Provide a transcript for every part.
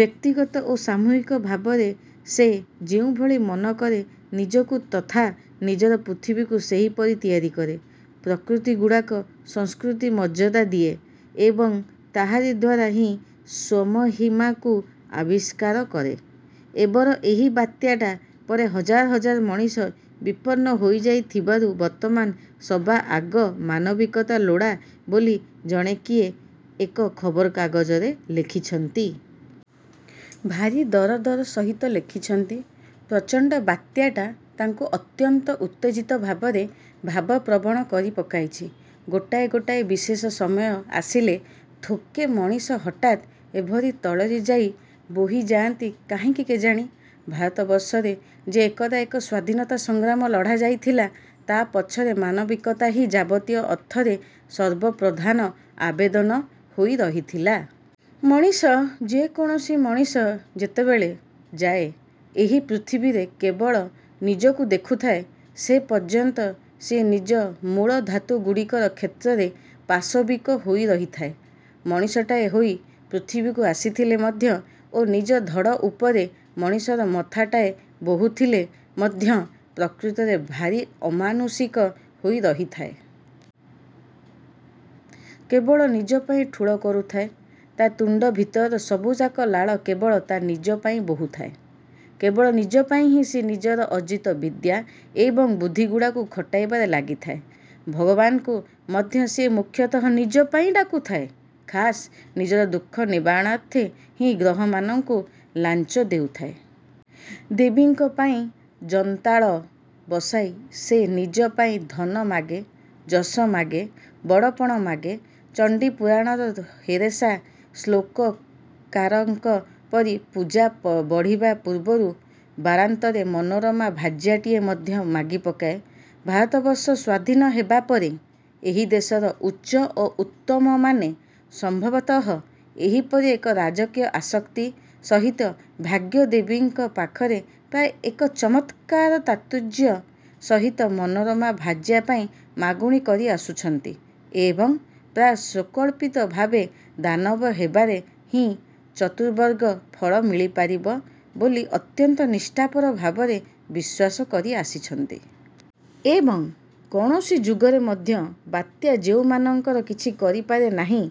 ବ୍ୟକ୍ତିଗତ ଓ ସାମୂହିକ ଭାବରେ ସେ ଯେଉଁଭଳି ମନ କରେ, ନିଜକୁ ତଥା ନିଜର ପୃଥିବୀକୁ ସେହିପରି ତିଆରି କରେ। ପ୍ରକୃତିଗୁଡ଼ାକୁ ସଂସ୍କୃତି ମର୍ଯ୍ୟାଦା ଦିଏ ଏବଂ ତାହାରି ଦ୍ୱାରା ହିଁ ସ୍ଵମହିମାକୁ ଆବିଷ୍କାର କରେ। ଏବର ଏହି ବାତ୍ୟାଟା ପରେ ହଜାର ହଜାର ମଣିଷ ବିପନ୍ନ ହୋଇଯାଇ ଥିବାରୁ ବର୍ତ୍ତମାନ ସବା ଆଗ ମାନବିକତା ଲୋଡ଼ା ବୋଲି ଜଣେ କିଏ ଏକ ଖବରକାଗଜରେ ଲେଖିଛନ୍ତି। ଭାରି ଦରଦର ସହିତ ଲେଖିଛନ୍ତି। ପ୍ରଚଣ୍ଡ ବାତ୍ୟାଟା ତାଙ୍କୁ ଅତ୍ୟନ୍ତ ଉତ୍ତେଜିତ ଭାବରେ ଭାବପ୍ରବଣ କରି ପକାଇଛି। ଗୋଟାଏ ଗୋଟାଏ ବିଶେଷ ସମୟ ଆସିଲେ ଥୋକେ ମଣିଷ ହଠାତ୍ ଏଭଳି ତରଳିଯାଇ ବୋହି ଯାଆନ୍ତି କାହିଁକି କେଜାଣି? ଭାରତବର୍ଷରେ ଯେ ଏକଦା ଏକ ସ୍ୱାଧୀନତା ସଂଗ୍ରାମ ଲଢ଼ାଯାଇଥିଲା, ତା'ପଛରେ ମାନବିକତା ହିଁ ଯାବତୀୟ ଅର୍ଥରେ ସର୍ବପ୍ରଧାନ ଆବେଦନ ହୋଇ ରହିଥିଲା। ମଣିଷ, ଯେକୌଣସି ମଣିଷ ଯେତେବେଳ ଯାଏ ଏହି ପୃଥିବୀରେ କେବଳ ନିଜକୁ ଦେଖୁଥାଏ, ସେ ପର୍ଯ୍ୟନ୍ତ ସିଏ ନିଜ ମୂଳଧାତୁ ଗୁଡ଼ିକର କ୍ଷେତ୍ରରେ ପାଶବିକ ହୋଇରହିଥାଏ। ମଣିଷଟାଏ ହୋଇ ପୃଥିବୀକୁ ଆସିଥିଲେ ମଧ୍ୟ ଓ ନିଜ ଧଡ଼ ଉପରେ ମଣିଷର ମଥାଟାଏ ବୋହୁଥିଲେ ମଧ୍ୟ ପ୍ରକୃତରେ ଭାରି ଅମାନୁଷିକ ହୋଇ ରହିଥାଏ। କେବଳ ନିଜ ପାଇଁ ଠୁଳ କରୁଥାଏ, ତା' ତୁଣ୍ଡ ଭିତରର ସବୁଯାକ ଲାଳ କେବଳ ତା' ନିଜ ପାଇଁ ବୋହୁଥାଏ। କେବଳ ନିଜପାଇଁ ହିଁ ସିଏ ନିଜର ଅର୍ଜିତ ବିଦ୍ୟା ଏବଂ ବୁଦ୍ଧିଗୁଡ଼ାକୁ ଖଟାଇବାରେ ଲାଗିଥାଏ। ଭଗବାନଙ୍କୁ ମଧ୍ୟ ସିଏ ମୁଖ୍ୟତଃ ନିଜ ପାଇଁ ଡାକୁଥାଏ, ଖାସ୍ ନିଜର ଦୁଃଖ ନିବାରଣାର୍ଥେ ହିଁ ଗ୍ରହମାନଙ୍କୁ ଲାଞ୍ଚ ଦେଉଥାଏ। ଦେବୀଙ୍କ ପାଇଁ ଯନ୍ତାଳ ବସାଇ ସେ ନିଜ ପାଇଁ ଧନ ମାଗେ, ଯଶ ମାଗେ, ବଡ଼ପଣ ମାଗେ, ଚଣ୍ଡୀପୁରାଣର ହେରେଷା ଶ୍ଳୋକକାରଙ୍କ ପରି ପୂଜା ବଢ଼ିବା ପୂର୍ବରୁ ବାରାନ୍ତରେ ମନୋରମା ଭାର୍ଯ୍ୟାଟିଏ ମଧ୍ୟ ମାଗିପକାଏ। ଭାରତବର୍ଷ ସ୍ଵାଧୀନ ହେବା ପରେ ଏହି ଦେଶର ଉଚ୍ଚ ଓ ଉତ୍ତମମାନେ ସମ୍ଭବତଃ ଏହିପରି ଏକ ରାଜକୀୟ ଆସକ୍ତି ସହିତ ଭାଗ୍ୟଦେବୀଙ୍କ ପାଖରେ ପ୍ରାୟ ଏକ ଚମତ୍କାର ଚାତୁର୍ଯ୍ୟ ସହିତ ମନୋରମା ଭାର୍ଯ୍ୟା ପାଇଁ ମାଗୁଣି କରି ଆସୁଛନ୍ତି ଏବଂ ପ୍ରାୟ ସୁକଳ୍ପିତ ଭାବେ ଦାନବ ହେବାରେ ହିଁ ଚତୁର୍ବର୍ଗ ଫଳ ମିଳିପାରିବ ବୋଲି ଅତ୍ୟନ୍ତ ନିଷ୍ଠାପର ଭାବରେ ବିଶ୍ୱାସ କରି ଆସିଛନ୍ତି। ଏବଂ, କୌଣସି ଯୁଗରେ ମଧ୍ୟ ବାତ୍ୟା ଯେଉଁମାନଙ୍କର କିଛି କରିପାରେ ନାହିଁ,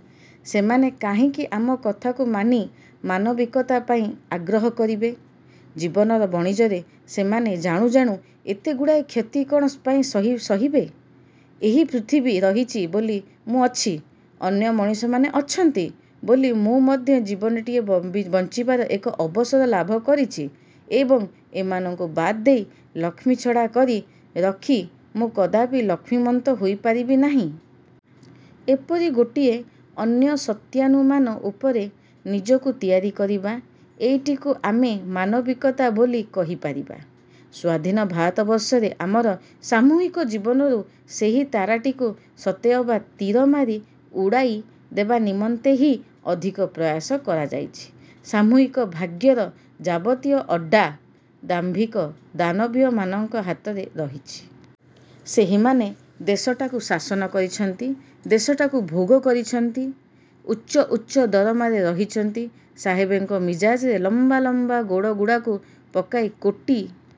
ସେମାନେ କାହିଁକି ଆମ କଥାକୁ ମାନି ମାନବିକତା ପାଇଁ ଆଗ୍ରହ କରିବେ? ଜୀବନର ବଣିଜରେ ସେମାନେ ଜାଣୁଜାଣୁ ଏତେଗୁଡ଼ାଏ କ୍ଷତି କ'ଣ ପାଇଁ ସହିବେ? ଏହି ପୃଥିବୀ ରହିଛି ବୋଲି ମୁଁ ଅଛି, ଅନ୍ୟ ମଣିଷମାନେ ଅଛନ୍ତି ବୋଲି ମୁଁ ମଧ୍ୟ ଜୀବନଟିଏ ବଂଚିବାର ଏକ ଅବସର ଲାଭ କରିଛି ଏବଂ ଏମାନଙ୍କୁ ବାଦ୍ ଦେଇ, ଲକ୍ଷ୍ମୀଛଡ଼ା କରି ରଖି ମୁଁ କଦାପି ଲକ୍ଷ୍ମୀମନ୍ତ ହୋଇପାରିବି ନାହିଁ। ଏପରି ଗୋଟିଏ ଅନ୍ୟ ସତ୍ୟାନୁମାନ ଉପରେ ନିଜକୁ ତିଆରି କରିବା, ଏଇଟିକୁ ଆମେ ମାନବିକତା ବୋଲି କହିପାରିବା। ସ୍ୱାଧୀନ ଭାରତବର୍ଷରେ ଆମର ସାମୂହିକ ଜୀବନରୁ ସେହି ତାରାଟିକୁ ସତେଅବା ତୀରମାରି ଉଡ଼ାଇ ଦେବା ନିମନ୍ତେ ହିଁ ଅଧିକ ପ୍ରୟାସ କରାଯାଇଛି। ସାମୂହିକ ଭାଗ୍ୟର ଯାବତୀୟ ଅଢ଼ା ଦାମ୍ଭିକ ଦାନବୀୟମାନଙ୍କ ହାତରେ ରହିଛି। ସେହିମାନେ ଦେଶଟାକୁ ଶାସନ କରିଛନ୍ତି, ଦେଶଟାକୁ ଭୋଗ କରିଛନ୍ତି। ଉଚ୍ଚ ଉଚ୍ଚ ଦରମାରେ ରହିଛନ୍ତି, ସାହେବଙ୍କ ମିଜାଜରେ ଲମ୍ବା ଲମ୍ବା ଗୋଡ଼ଗୁଡ଼ାକୁ ପକାଇ କୋଟି